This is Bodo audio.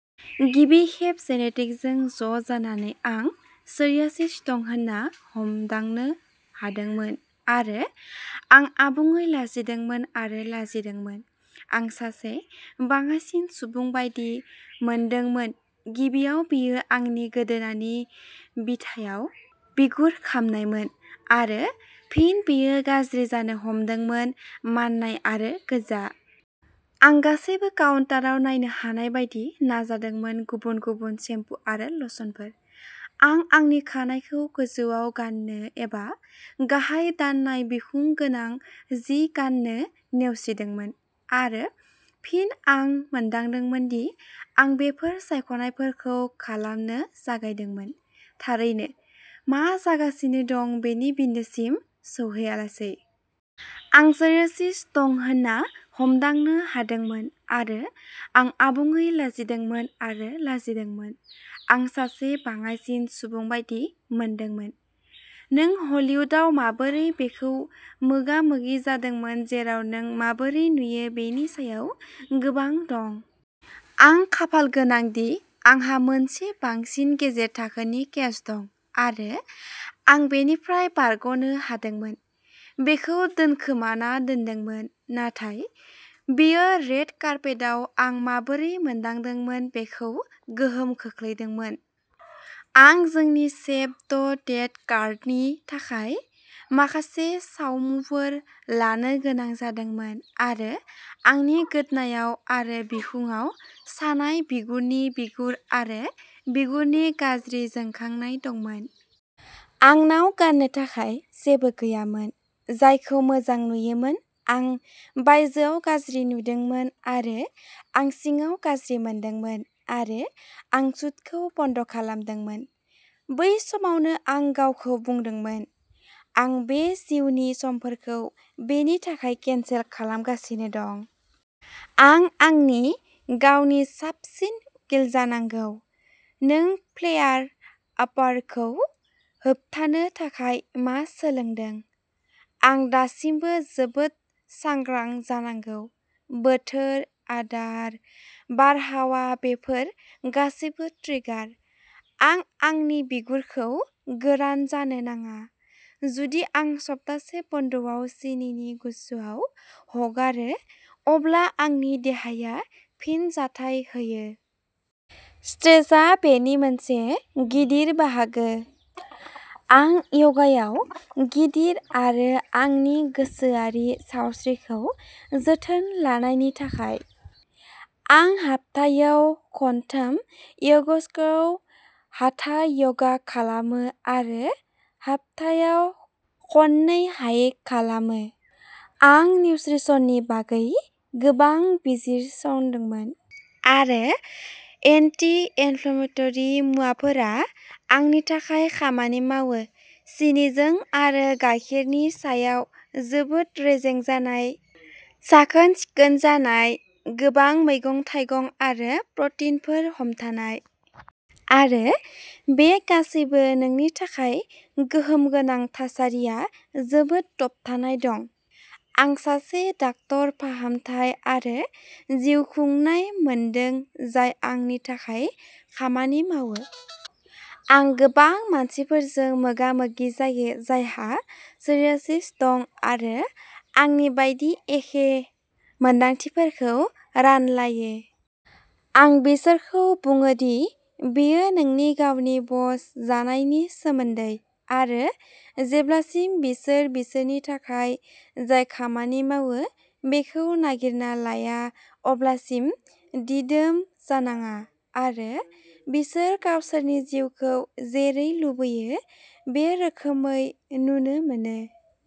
गिबि खेब जेनेटिक्सजों ज'जानानै आं सोरियासिस दं होनना हमदांनो हादोंमोन आरो आं आबुङै लाजिदोंमोन आरो लाजिदोंमोन आं सासे बाङाइसिन सुबुं बायदि मोनदोंमोन गिबियाव बेयो आंनि गोदोनानि बिथायाव बिगुर खामनायमोन आरो फिन बेयो गाज्रि जानो हमदोंमोन माननाय आरो गोजा। आं गासैबो काउन्टाराव नायनो हानाय बायदि नाजादोंमोन गुबुन गुबुन सेम्पु आरो लशनफोर। आं आंनि खानाइखौ गोजौआव गाननो एबा गाहाय दाननाय बिखुं गोनां जि गान्नो नेवसिदोंमोन। आरो फिन आं मोनदांदोंमोन दि आं बेफोर सायख'नायफोरखौ खालामनो जागायदोंमोन, थारैनो मा जागासिनो दं बेनि बिन्दोसिम सौहैालासे। आं सोरियासिस दं होनना हमदांनो हादोंमोन, आरो आं आबुङै लाजिदोंमोन आरो लाजिदोंमोन। आं सासे बाङाइसिन सुबुं बायदि मोनदोंमोन। नों हलिउदाव माबोरै बेखौ मोगा मोगि जादोंमोन जेराव नों माबोरै नुयो बेनि सायाव गोबां दं? आं खाफालगोनां दि आंहा मोनसे बांसिन गेजेर थाखोनि केस दं, आरो आं बेनिफ्राय बारग'नो हादोंमोन। बेखौ दोनखोमाना दोनदोंमोन। नाथाय बेयो रेड कार्पेटआव आं माबोरै मोनदांदोंमोन बेखौ गोहोम खोख्लैदोंमोन। आं जोंनि सेभ द डेट कार्डनि थाखाय माखासे सावमुफोर लानो गोनां जादोंमोन आरो आंनि गोदोनायाव आरो बिखुंआव सानाय बिगुरनि बिगुर आरो बिगुरनि गाज्रि जोंखांनाय दंमोन। आंनाव गान्नो थाखाय जेबो गैयामोन, जायखौ मोजां नुयोमोन। आं बायजोयाव गाज्रि नुदोंमोन आरो आं सिङाव गाज्रि मोनदोंमोन आरो आं शूटखौ बन्द खालामदोंमोन। बै समावनो आं गावखौ बुंदोंमोनः "आं बे जिउनि समफोरखौ बेनि थाखाय केनसेल खालामगासिनो दं। आं आंनि गावनि साबसिन उकिल जानांगौ।" नों फ्लेयार-आपफोरखौ होबथानो थाखाय मा सोलोंदों? आं दासिमबो जोबोद सांग्रां जानांगौ। बोथोर, आदार, बारहावा-बेफोर गासैबो ट्रिगार। आं आंनि बिगुरखौ गोरान जानो नाङा। जुदि आं सप्तासे बन्द'आव सिनिनि गुच्छआव हगारो, अब्ला आंनि देहाया फिनजाथाय होयो। स्ट्रेसआ बेनि मोनसे गिदिर बाहागो। आं य'गायाव गिदिर, आरो आंनि गोसोआरि सावस्रिखौ जोथोन लानायनि थाखाय। आं हाप्थायाव खनथाम य'गवर्क्सआव हाथा य'ग खालामो, आरो हाप्थायाव खननै हाइक खालामो। आं निउत्रिसननि बागै गोबां बिजिरसंदोंमोन, आरो एन्टि इनफ्लेमेटरि मुवाफोरा आंनि थाखाय खामानि मावो सिनि जौ आरो गाइखेरनि सायाव जोबोद रेजें जानाय, साखोन-सिखोन जानाय, गोबां मैगं-थाइगं आरो प्रटिनफोर हमथानाय। आरो बे गासैबो नोंनि थाखाय गोहोम गोनां थासारिया जोबोद दबथायना दं। आं सासे डाक्टर फाहामथाय आरो जिउखुंथाय मोनदों जाय आंनि थाखाय खामानि मावो। आं गोबां मानसिफोरजों मोगामोगि जायो जायहा सोरियासिस दं आरो आंनि बायदि एखे मोन्दांथिफोरखौ रानलायो। आं बिसोरखौ बुङो दि बेयो नोंनि गावनि बस जानायनि सोमोन्दै, आरो जेब्लासिम बिसोर बिसोरनि थाखाय जाय खामानि मावो बेखौ नागिरना लाया अब्लासिम दिदोम जानाङा, आरो बिसोर गावसोरनि जिउखौ जेरै लुबैयो बे रोखोमै नुनो मोनो।